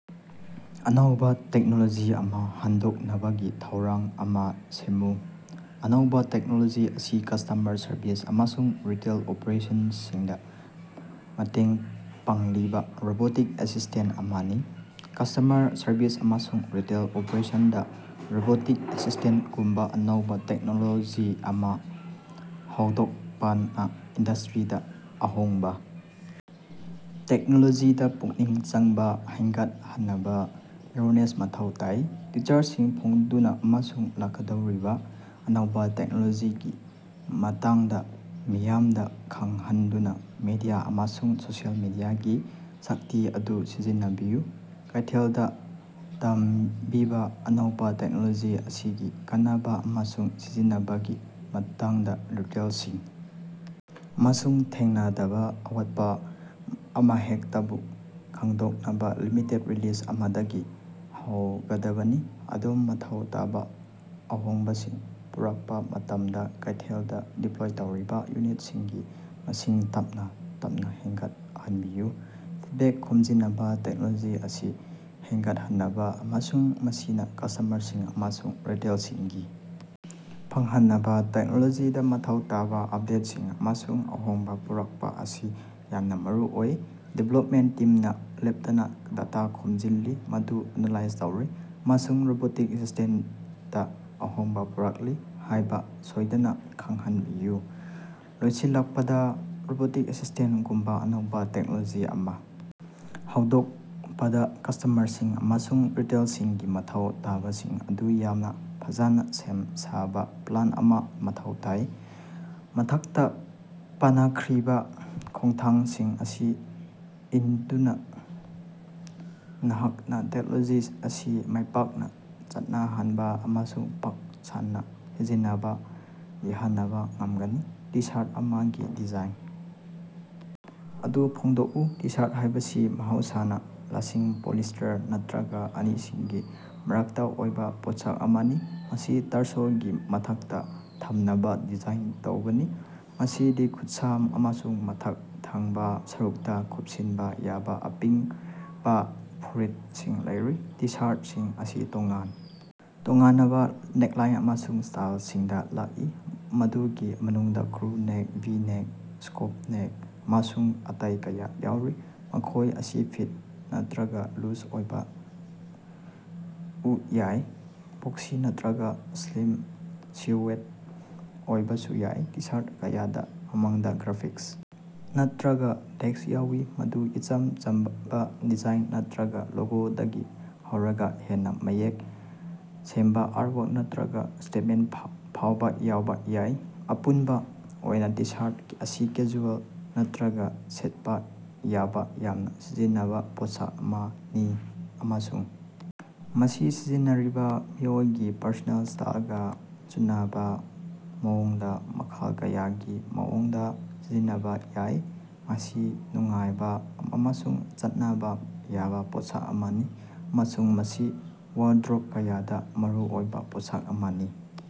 ꯑꯅꯧꯕꯥ ꯇꯦꯛꯅꯣꯂꯣꯖꯤ ꯑꯃꯥ ꯍꯧꯗꯣꯛꯅꯕꯒꯤ ꯊꯧꯔꯥꯡ ꯑꯃꯥ ꯁꯦꯝꯃꯨ꯫ ꯑꯅꯧꯕꯥ ꯇꯦꯛꯅꯣꯂꯣꯖꯤ ꯑꯁꯤ ꯀꯁ꯭ꯇꯃꯔ ꯁꯔꯕꯤꯁ ꯑꯃꯁꯨꯡ ꯔꯤꯇꯦꯜ ꯑꯣꯄ꯭ꯔꯦꯁꯟꯁꯤꯡꯗꯥ ꯃꯇꯦꯡ ꯄꯥꯡꯂꯤꯕꯥ ꯔꯣꯕꯣꯇꯤꯛ ꯑꯦꯁꯤꯁꯇꯦꯟ ꯑꯃꯅꯤ꯫ ꯀꯁ꯭ꯇꯃꯔ ꯁꯔꯕꯤꯁ ꯑꯃꯁꯨꯡ ꯔꯤꯇꯦꯜ ꯑꯣꯄ꯭ꯔꯦꯁꯟꯗꯥ ꯔꯣꯕꯣꯇꯤꯛ ꯑꯦꯁꯤꯁ꯭ꯇꯦꯟꯇꯒꯨꯝꯕꯥ ꯑꯅꯧꯕꯥ ꯇꯦꯛꯅꯣꯂꯣꯖꯤ ꯑꯃꯥ ꯍꯧꯗꯣꯛꯄꯅꯥ ꯏꯟꯗꯁꯇ꯭ꯔꯤꯗꯥ ꯑꯍꯣꯡꯕꯥ ꯇꯦꯛꯅꯣꯂꯣꯖꯤꯗꯥ ꯄꯨꯛꯅꯤꯡ ꯆꯪꯕꯥ ꯍꯦꯟꯒꯠꯍꯟꯅꯕꯥ ꯑꯦꯋꯦꯌꯔꯅꯦꯁ ꯃꯊꯧ ꯇꯥꯏ꯫ ꯇꯤꯖꯔꯁꯤꯡ ꯐꯣꯡꯗꯨꯅꯥ ꯑꯃꯁꯨꯡ ꯂꯥꯛꯀꯗꯧꯔꯤꯕꯥ ꯑꯅꯧꯕꯥ ꯇꯦꯛꯅꯣꯂꯣꯖꯤꯒꯤ ꯃꯇꯥꯡꯗꯥ ꯃꯤꯌꯥꯝꯗꯥ ꯈꯪꯍꯟꯗꯨꯅꯥ ꯃꯤꯗꯤꯌꯥ ꯑꯃꯁꯨꯡ ꯁꯣꯁꯤꯌꯦꯜ ꯃꯤꯗꯤꯌꯥꯒꯤ ꯁꯛꯇꯤ ꯑꯗꯨ ꯁꯤꯖꯤꯟꯅꯕꯤꯌꯨ꯫ ꯀꯩꯊꯦꯜꯗꯥ ꯇꯝꯕꯤꯕꯥ: ꯑꯅꯧꯕꯥ ꯇꯦꯛꯅꯣꯂꯣꯖꯤ ꯑꯁꯤꯒꯤ ꯀꯥꯟꯅꯕꯥ ꯑꯃꯁꯨꯡ ꯁꯤꯖꯤꯟꯅꯕꯒꯤ ꯃꯇꯥꯡꯗꯥ ꯔꯤꯇꯦꯂꯔꯁꯤꯡ ꯑꯃꯁꯨꯡ ꯊꯦꯡꯅꯗꯕꯥ ꯑꯋꯥꯠꯄꯥ ꯑꯃꯍꯦꯛꯇꯕꯨ ꯈꯪꯗꯣꯛꯅꯕꯥ ꯂꯤꯃꯤꯇꯦꯗ ꯔꯤꯂꯤꯖ ꯑꯃꯗꯒꯤ ꯍꯧꯒꯗꯕꯅꯤ꯫ ꯑꯗꯣꯝꯅꯥ ꯃꯊꯧ ꯇꯥꯕꯥ ꯑꯍꯣꯡꯕꯁꯤꯡ ꯄꯨꯔꯛꯄꯥ ꯃꯇꯝꯗꯥ, ꯀꯩꯊꯦꯜꯗꯥ ꯗꯤꯞꯄ꯭ꯂꯣꯏ ꯇꯧꯔꯤꯕꯥ ꯌꯨꯅꯤꯠꯁꯤꯡꯒꯤ ꯃꯁꯤꯡ ꯇꯞꯅꯥ ꯇꯞꯅꯥ ꯍꯦꯟꯒꯠꯍꯟꯕꯤꯌꯨ꯫ ꯐꯤꯗꯕꯦꯛ ꯈꯣꯝꯖꯤꯅꯕꯥ: ꯇꯦꯛꯅꯣꯂꯣꯖꯤ ꯑꯁꯤ ꯍꯦꯟꯒꯠꯍꯟꯅꯕꯥ ꯑꯃꯁꯨꯡ ꯃꯁꯤꯅꯥ ꯀꯁ꯭ꯇꯃꯔꯁꯤꯡ ꯑꯃꯁꯨꯡ ꯔꯤꯇꯦꯂꯔꯁꯤꯡꯒꯤ ꯐꯪꯍꯟꯅꯕꯥ ꯇꯦꯛꯅꯣꯂꯣꯖꯤꯗꯥ ꯃꯊꯧ ꯇꯥꯕꯥ ꯑꯞꯗꯦꯠꯁꯤꯡ ꯑꯃꯁꯨꯡ ꯑꯍꯣꯡꯕꯥ ꯄꯨꯔꯛꯄꯥ ꯑꯁꯤ ꯌꯥꯝꯅꯥ ꯃꯔꯨꯑꯣꯏ꯫ ꯗꯤꯕꯦꯂꯞꯃꯦꯟꯇ ꯇꯤꯝꯅꯥ ꯂꯦꯞꯇꯅꯥ ꯗꯦꯇꯥ ꯈꯣꯝꯖꯤꯜꯂꯤ, ꯃꯗꯨ ꯑꯦꯅꯥꯂꯥꯏꯖ ꯇꯧꯔꯤ, ꯑꯃꯁꯨꯡ ꯔꯣꯕꯣꯇꯤꯛ ꯑꯦꯁꯤꯁꯇꯦꯟꯠꯇꯥ ꯑꯍꯣꯡꯕꯥ ꯄꯨꯔꯛꯂꯤ ꯍꯥꯏꯕꯥ ꯁꯣꯏꯗꯅꯥ ꯈꯪꯍꯟꯕꯤꯌꯨ꯫ ꯂꯣꯏꯁꯤꯜꯂꯛꯄꯗꯥ, ꯔꯣꯕꯣꯇꯤꯛ ꯑꯦꯁꯤꯁꯇꯦꯟꯠꯒꯨꯝꯕꯥ ꯑꯅꯧꯕꯥ ꯇꯦꯛꯅꯣꯂꯣꯖꯤ ꯑꯃꯥ ꯍꯧꯗꯣꯛꯄꯗꯥ ꯀꯁ꯭ꯇꯃꯔꯁꯤꯡ ꯑꯃꯁꯨꯡ ꯔꯤꯇꯦꯂꯔꯁꯤꯡꯒꯤ ꯃꯊꯧ ꯇꯥꯕꯁꯤꯡ ꯑꯗꯨ ꯌꯥꯝꯅꯥ ꯐꯖꯅꯥ ꯁꯦꯝ ꯁꯥꯕꯥ ꯄ꯭ꯂꯥꯟ ꯑꯃꯥ ꯃꯊꯧ ꯇꯥꯏ꯫ ꯃꯊꯛꯇꯥ ꯄꯅꯈ꯭ꯔꯤꯕꯥ ꯈꯣꯡꯊꯥꯡꯁꯤꯡ ꯑꯁꯤ ꯏꯟꯗꯨꯅꯥ, ꯅꯍꯥꯛꯅꯥ ꯇꯦꯛꯅꯣꯂꯣꯖꯤ ꯑꯁꯤ ꯃꯥꯏꯄꯥꯛꯅꯥ ꯆꯠꯅꯍꯟꯕꯥ ꯑꯃꯁꯨꯡ ꯄꯥꯛ-ꯁꯟꯅꯥ ꯁꯤꯖꯤꯟꯅꯕꯥ ꯌꯥꯍꯟꯅꯕꯥ ꯉꯝꯒꯅꯤ꯫ ꯇꯤ-ꯁꯥꯔꯠ ꯑꯃꯒꯤ ꯗꯤꯖꯥꯏꯟ ꯑꯗꯨ ꯐꯣꯡꯗꯣꯛꯎ꯫ ꯇꯤ-ꯁꯥꯔꯠ ꯍꯥꯏꯕꯁꯤ ꯃꯍꯧꯁꯥꯅꯥ ꯂꯁꯤꯡ, ꯄꯣꯂꯤꯁꯇꯔ ꯅꯠꯇ꯭ꯔꯒꯥ ꯑꯅꯤꯁꯤꯒꯤ ꯃꯔꯛꯇꯥ ꯑꯣꯏꯕꯥ ꯄꯣꯠꯁꯛ ꯑꯃꯅꯤ꯫ ꯃꯁꯤ ꯇꯔꯁꯣꯒꯤ ꯃꯊꯛꯇꯥ ꯊꯝꯅꯕꯥ ꯗꯤꯖꯥꯏꯟ ꯇꯧꯕꯅꯤ, ꯃꯁꯤꯗꯤ ꯈꯨꯠꯁꯥ ꯑꯃꯁꯨꯡ ꯃꯊꯛ ꯊꯪꯕꯥ ꯁꯔꯨꯛꯇꯥ ꯀꯨꯞꯁꯤꯟꯕꯥ ꯌꯥꯕꯥ ꯑꯄꯤꯡꯄꯥ ꯐꯨꯔꯤꯠꯁꯤꯡ ꯂꯩ꯫ ꯇꯤ-ꯁꯥꯔꯇꯁꯤꯡ ꯑꯁꯤ ꯇꯣꯉꯥꯟ ꯇꯣꯉꯥꯟꯅꯕꯥ ꯅꯦꯛꯂꯥꯏꯟ ꯑꯃꯁꯨꯡ ꯁ꯭ꯇꯥꯏꯜꯁꯤꯡꯗꯥ ꯂꯥꯛꯏ, ꯃꯗꯨꯒꯤ ꯃꯅꯨꯡꯗꯥ crew neck, V neck, scoop neck, ꯑꯃꯁꯨꯡ ꯑꯇꯩ ꯀꯌꯥ ꯌꯥꯎꯔꯤ꯫ ꯃꯈꯣꯏ ꯑꯁꯤ ꯐꯤꯠ ꯅꯠꯇ꯭ꯔꯒꯥ ꯂꯨꯖ ꯑꯣꯏꯕꯁꯨ ꯌꯥꯏ, ꯕꯣꯛꯁꯤ ꯅꯠꯇ꯭ꯔꯒꯥ ꯁ꯭ꯂꯤꯝ ꯁꯤꯂꯨꯋꯦꯠ ꯑꯣꯏꯕꯁꯨ ꯌꯥꯏ꯫ ꯇꯤ-ꯁꯥꯔꯠ ꯀꯌꯥꯗꯥ ꯃꯃꯥꯡꯗꯥ ꯒ꯭ꯔꯥꯐꯤꯛꯁ ꯅꯠꯇ꯭ꯔꯒꯥ ꯇꯦꯛꯁ ꯌꯥꯎꯏ, ꯃꯗꯨ ꯏꯆꯝ ꯆꯝꯕꯥ ꯗꯤꯖꯥꯏꯟ ꯅꯠꯇ꯭ꯔꯒꯥ ꯂꯣꯒꯣꯗꯒꯤ ꯍꯧꯔꯒꯥ ꯍꯦꯟꯅꯥ ꯃꯌꯦꯛ ꯁꯦꯡꯕꯥ ꯑꯥꯔꯠꯋꯥꯛ ꯅꯠꯇ꯭ꯔꯒꯥ ꯁ꯭ꯇꯦꯠꯃꯦꯟ꯭ꯇ ꯐꯥꯎꯕꯥ ꯌꯥꯎꯕꯥ ꯌꯥꯏ꯫ ꯑꯄꯨꯟꯕꯥ ꯑꯣꯏꯅꯥ ꯇꯤ-ꯁꯥꯔꯠ ꯑꯁꯤ ꯀꯦꯖꯨꯑꯦꯜ ꯅꯠꯇ꯭ꯔꯒꯥ ꯁꯦꯠꯄꯥ ꯌꯥꯕꯥ ꯌꯥꯝꯅꯥ ꯁꯤꯖꯤꯟꯅꯕꯥ ꯌꯥꯕꯥ ꯄꯣꯠꯁꯛ ꯑꯃꯅꯤ, ꯑꯃꯁꯨꯡ ꯃꯁꯤ ꯁꯤꯖꯤꯟꯅꯔꯤꯕꯥ ꯃꯤꯑꯣꯏꯒꯤ ꯄꯔꯁꯣꯅꯦꯜ ꯁ꯭ꯇꯥꯏꯜꯒꯥ ꯆꯨꯅꯕꯥ ꯃꯑꯣꯡꯗꯥ ꯃꯈꯜ ꯀꯌꯥꯒꯤ ꯃꯑꯣꯡꯗꯥ ꯁꯤꯖꯤꯟꯅꯕꯥ ꯌꯥꯏ꯫ ꯃꯁꯤ ꯅꯨꯡꯉꯥꯏꯕꯥ ꯑꯃꯁꯨꯡ ꯆꯠꯅꯕꯥ ꯌꯥꯕꯥ ꯄꯣꯠꯁꯛ ꯑꯃꯅꯤ ꯑꯃꯁꯨꯡ ꯃꯁꯤ ꯋꯥꯔꯗ꯭ꯔꯕ ꯀꯌꯥꯗꯥ ꯃꯔꯨ ꯑꯣꯏꯕꯥ ꯄꯣꯠꯁꯛ ꯑꯃꯅꯤ꯫